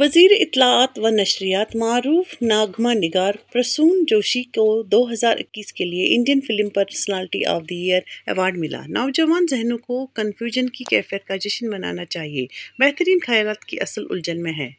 وزارت اطلاعات و نشریات معروف نغمہ نگار پرسون جوشی کو دو ہزار اکیس کے لیے Indian film personality of the year award ملا۔ ''نوجوان ذہنوں کو کنفیوژن کی کیفیت کا جشن منانا چاہیے، بہترین خیالات کی اصل الجھن میں ہے۔''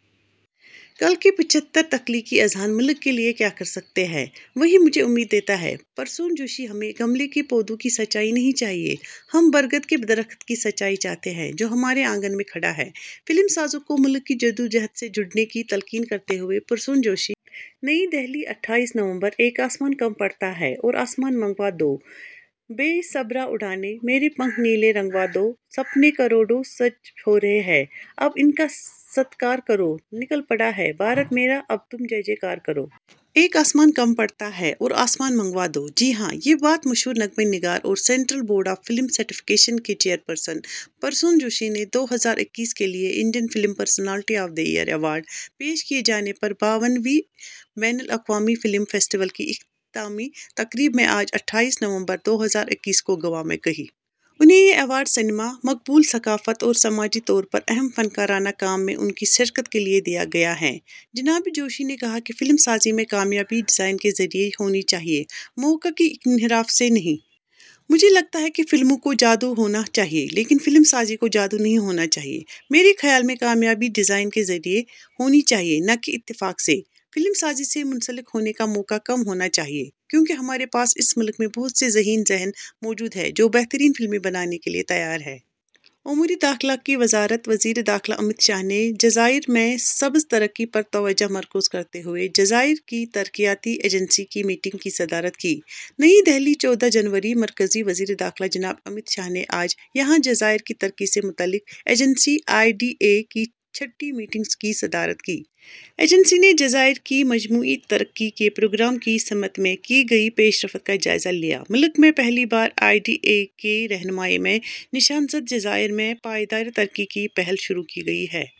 کل کے پچھتر تخلیقی اذہان ملک کے لیے کیا کر سکتے ہیں، وہی مجھے امید دیتا ہے: پرسون جوشی۔ ہمیں گملے کے پودوں کی سچائی نہیں چاہیے، ہم برگد کے درخت کی سچائی چاہتے ہیں جو ہمارے آنگن میں کھڑا ہے: فلم سازوں کو ملک کی جدوجہد سے جڑنے کی تلقین کرتے ہوئے پرسون جوشی۔ نئی دہلی، اٹھائیس نومبر: ''ایک آسمان کم پڑتا ہے، اور آسمان منگوا دو۔ ہے بے صبرا اُڑانے، میرے پنکھ نیلے رنگوا دو۔ سپنے کروڑوں سچ ہو رہے ہیں، اب ان کا ستکار کرو، نکل پڑا ہے بھارت میرا، اب تم جے جے کار کرو۔'' ''ایک آسمان کم پڑتا ہے اور آسمان منگوا دو۔'' جی ہاں، یہ بات مشہور نغمہ نگار اور central board of film certification کے چیئرپرسن پرسون جوشی نے دو ہزار اکیس کے لیے Indian film personality of the year award پیش کیے جانے پر باون ویں بین الاقوامی فلم فیسٹیول کی اختتامی تقریب میں آج اٹھائیس نومبر دو ہزار اکیس کو گوا میں کہی۔ انہیں یہ ایوارڈ سینما، مقبول ثقافت اور سماجی طور پر اہم فنکارانہ کام میں ان کی شرکت کے لیے دیا گیا ہے۔ جناب جوشی نے کہا کہ فلم سازی میں کامیابی ڈیزائن کے ذریعے ہونی چاہیے، موقع کے انحراف سے نہیں۔ ''مجھے لگتا ہے کہ فلموں کو جادو ہونا چاہیے، لیکن فلم سازی کو جادو نہیں ہونا چاہیے۔ میرے خیال میں کامیابی ڈیزائن کے ذریعے ہونی چاہیے نہ کہ اتفاق سے۔ فلم سازی سے منسلک ہونے کا موقع کم ہونا چاہیے، کیونکہ ہمارے پاس اس ملک میں بہت سے ذہین ذہن موجود ہیں جو بہترین فلمیں بنانے کے لیے تیار ہیں۔'' امورِ داخلہ کی وزارت وزیرِ داخلہ امت شاہ نے جزائر میں سبز ترقی پر توجہ مرکوز کرتے ہوئے جزائر کی ترقیاتی ایجنسی کی میٹنگ کی صدارت کی۔ نئی دہلی، چودہ جنوری: مرکزی وزیرِ داخلہ جناب امت شاہ نے آج یہاں جزائر کی ترقی سے متعلق ایجنسی، آئی ڈی اے، کی چھٹی میٹنگ کی صدارت کی۔ ایجنسی نے جزائر کی مجموعی ترقی کے پروگرام کی سمت میں کی گئی پیش رفت کا جائزہ لیا۔ ملک میں پہلی بار آئی ڈی اے کی رہنمائی میں نشان زد جزائر میں پائیدار ترقی کی پہل شروع کی گئی ہے۔